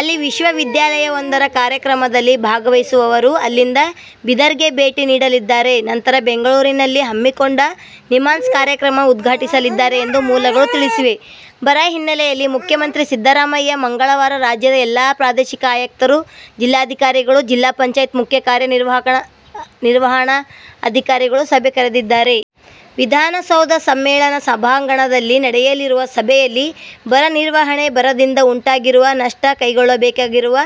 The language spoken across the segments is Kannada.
ಅಲ್ಲಿ ವಿಶ್ವವಿದ್ಯಾಲಯವೊಂದರ ಕಾರ್ಯಕ್ರಮದಲ್ಲಿ ಭಾಗವಹಿಸುವರು. ಅಲ್ಲಿಂದ ಬೀದರ್ಗೆ ಭೇಟಿ ನೀಡಲಿದ್ದಾರೆ. ನಂತರ ಬೆಂಗಳೂರಿನಲ್ಲಿ ಹಮ್ಮಿಕೊಂಡ ನಿಮ್ಹಾನ್ಸ್ ಕಾರ್ಯಕ್ರಮ ಉದ್ಘಾಟಿಸಲಿದ್ದಾರೆ ಎಂದು ಮೂಲಗಳು ತಿಳಿಸಿವೆ. ಬರ ಹಿನ್ನೆಲೆಯಲ್ಲಿ ಮುಖ್ಯಮಂತ್ರಿ ಸಿದ್ದರಾಮಯ್ಯ ಮಂಗಳವಾರ ರಾಜ್ಯದ ಎಲ್ಲ ಪ್ರಾದೇಶಿಕ ಆಯುಕ್ತರು, ಜಿಲ್ಲಾಧಿಕಾರಿಗಳು, ಜಿಲ್ಲಾ ಪಂಚಾಯತ್ ಮುಖ್ಯ ಕಾರ್ಯ ನಿರ್ವಹಣಾಧಿಕಾರಿಗಳ ಸಭೆ ಕರೆದಿದ್ದಾರೆ. ವಿಧಾನಸೌಧ ಸಮ್ಮೇಳನ ಸಭಾಂಗಣದಲ್ಲಿ ನಡೆಯಲಿರುವ ಸಭೆಯಲ್ಲಿ ಬರ ನಿರ್ವಹಣೆ, ಬರದಿಂದ ಉಂಟಾಗಿರುವ ನಷ್ಟ, ಕೈಗೊಳ್ಳಬೇಕಿರುವ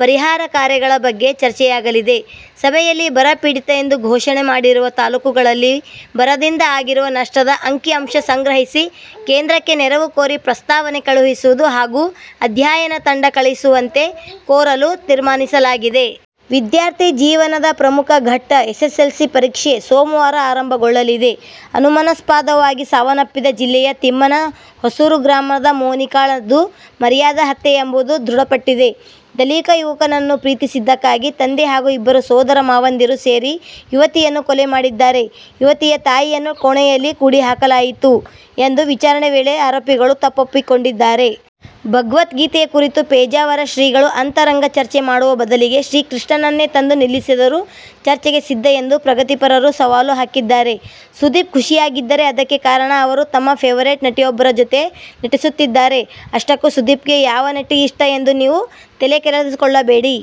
ಪರಿಹಾರ ಕಾರ್ಯಗಳ ಬಗ್ಗೆ ಚರ್ಚೆಯಾಗಲಿದೆ. ಸಭೆಯಲ್ಲಿ ಬರಪೀಡಿತ ಎಂದು ಘೋಷಣೆ ಮಾಡಿರುವ ತಾಲೂಕುಗಳಲ್ಲಿ ಬರದಿಂದ ಆಗಿರುವ ನಷ್ಟದ ಅಂಕಿ-ಅಂಶ ಸಂಗ್ರಹಿಸಿ ಕೇಂದ್ರಕ್ಕೆ ನೆರವು ಕೋರಿ ಪ್ರಸ್ತಾವನೆ ಕಳುಹಿಸುವುದು ಹಾಗೂ ಅಧ್ಯಯನ ತಂಡ ಕಳುಹಿಸವಂತೆ ಕೋರಲು ತೀರ್ಮಾನಿಸಲಾಗಿದೆ. ವಿದ್ಯಾರ್ಥಿ ಜೀವನದ ಪ್ರಮುಖ ಘಟ್ಟ ಎಸ್ಎಸ್ಎಲ್ಸಿ ಪರೀಕ್ಷೆ ಸೋಮವಾರ ಆರಂಭಗೊಳ್ಳಲಿದೆ. ಅನುಮಾನಾಸ್ಪದವಾಗಿ ಸಾವನ್ನಪ್ಪಿದ್ದ ಜಿಲ್ಲೆಯ ತಿಮ್ಮನಹೊಸೂರು ಗ್ರಾಮದ ಮೋನಿಕಾಳದ್ದು ಮರ್ಯಾದಾ ಹತ್ಯೆ ಎಂಬುದು ದೃಢಪಟ್ಟಿದೆ. ದಲಿತ ಯುವಕನನ್ನು ಪ್ರೀತಿಸಿದ್ದಕ್ಕಾಗಿ ತಂದೆ ಹಾಗೂ ಇಬ್ಬರು ಸೋದರ ಮಾವಂದಿರು ಸೇರಿ ಯುವತಿಯನ್ನು ಕೊಲೆ ಮಾಡಿದ್ದಾರೆ. ಯುವತಿಯ ತಾಯಿಯನ್ನು ಕೋಣೆಯಲ್ಲಿ ಕೂಡಿ ಹಾಕಲಾಗಿತ್ತು ಎಂದು ವಿಚಾರಣೆ ವೇಳೆ ಆರೋಪಿಗಳು ತಪ್ಪೊಪ್ಪಿಕೊಂಡಿದ್ದಾರೆ. ಭಗವದ್ಗೀತೆ ಕುರಿತು ಪೇಜಾವರ ಶ್ರೀಗಳು ಅಂತರಂಗ ಚರ್ಚೆ ಮಾಡುವ ಬದಲಿಗೆ ಶ್ರೀಕೃಷ್ಣನನ್ನೇ ತಂದು ನಿಲ್ಲಿಸಿದರೂ ಚರ್ಚೆಗೆ ಸಿದ್ಧ ಎಂದು ಪ್ರಗತಿಪರರು ಸವಾಲು ಹಾಕಿದ್ದಾರೆ. ಸುದೀಪ್ ಖುಷಿಯಾಗಿದ್ದಾರೆ. ಅದಕ್ಕೆ ಕಾರಣ ಅವರು ತಮ್ಮ ಫೆವರೇಟ್ ನಟಿಯೊಬ್ಬರ ಜೊತೆ ನಟಿಸುತ್ತಿದ್ದಾರೆ. ಆಷ್ಟಕ್ಕೂ ಸುದೀಪ್ಗೆ ಯಾವ ನಟಿ ಇಷ್ಟ ಎಂದು ನೀವು ತಲೆಕೆರೆದುಕೊಳ್ಳಬೇಡಿ.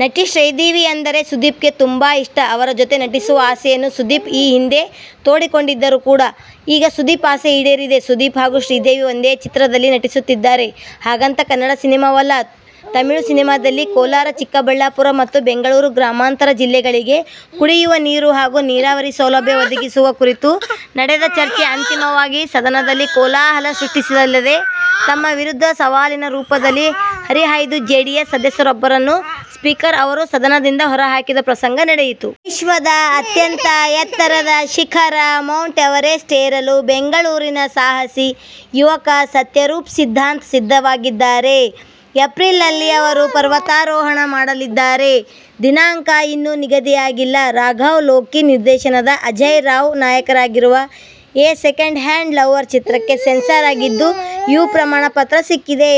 ನಟಿ ಶ್ರೀದೇವಿ ಅಂದರೆ ಸುದೀಪ್ಗೆ ತುಂಬಾ ಇಷ್ಟ. ಅವರ ಜೊತೆ ನಟಿಸುವ ಆಸೆಯನ್ನು ಸುದೀಪ್ ಈ ಹಿಂದೆ ತೋಡಿಕೊಂಡಿದ್ದರು ಕೂಡಾ. ಈಗ ಸುದೀಪ್ ಆಸೆ ಈಡೇರಿದೆ. ಸುದೀಪ್ ಹಾಗೂ ಶ್ರೀದೇವಿ ಒಂದೇ ಚಿತ್ರದಲ್ಲಿ ನಟಿಸುತ್ತಿದ್ದಾರೆ. ಹಾಗಂತ ಕನ್ನಡ ಸಿನಿಮಾವಲ್ಲ. ತಮಿಳು ಸಿನಿಮಾದಲ್ಲಿ. ಕೋಲಾರ-ಚಿಕ್ಕಬಳ್ಳಾಪುರ ಮತ್ತು ಬೆಂಗಳೂರು ಗ್ರಾಮಾಂತರ ಜಿಲ್ಲೆಗಳಿಗೆ ಕುಡಿಯುವ ನೀರು ಹಾಗೂ ನೀರಾವರಿ ಸೌಲಭ್ಯ ಒದಗಿಸುವ ಕುರಿತು ನಡೆದ ಚರ್ಚೆ ಅಂತಿಮವಾಗಿ ಸದನದಲ್ಲಿ ಕೋಲಾಹಲ ಸೃಷ್ಟಿಸಿದ್ದಲ್ಲದೆ, ತಮ್ಮ ವಿರುದ್ಧ ಸವಾಲಿನ ರೂಪದಲ್ಲಿ ಹರಿಹಾಯ್ದ ಜೆಡಿಎಸ್ ಸದಸ್ಯರೊಬ್ಬರನ್ನು ಸ್ಪೀಕರ್ ಅವರು ಸದನದಿಂದ ಹೊರಹಾಕಿದ ಪ್ರಸಂಗ ನಡೆಯಿತು. ವಿಶ್ವದ ಅಂತ್ಯಂತ ಎತ್ತರದ ಶಿಖರ ಮೌಂಟ್ ಎವರೆಸ್ಟ್ ಏರಲು ಬೆಂಗಳೂರಿನ ಸಾಹಸಿ ಯುವಕ ಸತ್ಯರೂಪ್ ಸಿದ್ಧಾಂತ ಸಿದ್ಧವಾಗಿದ್ದಾರೆ. ಏಪ್ರಿಲ್ನಲ್ಲಿ ಅವರು ಪರ್ವತಾರೋಹಣ ಮಾಡಲಿದ್ದಾರೆ. ದಿನಾಂಕ ಇನ್ನೂ ನಿಗದಿಯಾಗಿಲ್ಲ. ರಾಘವ್ ಲೋಕಿ ನಿರ್ದೇಶನದ ಅಜೇಯ್ ರಾವ್ ನಾಯಕರಾಗಿರುವ "ಎ ಸೆಕೆಂಡ್ ಹ್ಯಾಂಡ್ ಲವರ್' ಚಿತ್ರಕ್ಕೆ ಸೆನ್ಸಾರ್ ಆಗಿದ್ದು, "ಯು' ಪ್ರಮಾಣ ಪತ್ರ ಸಿಕ್ಕಿದೆ.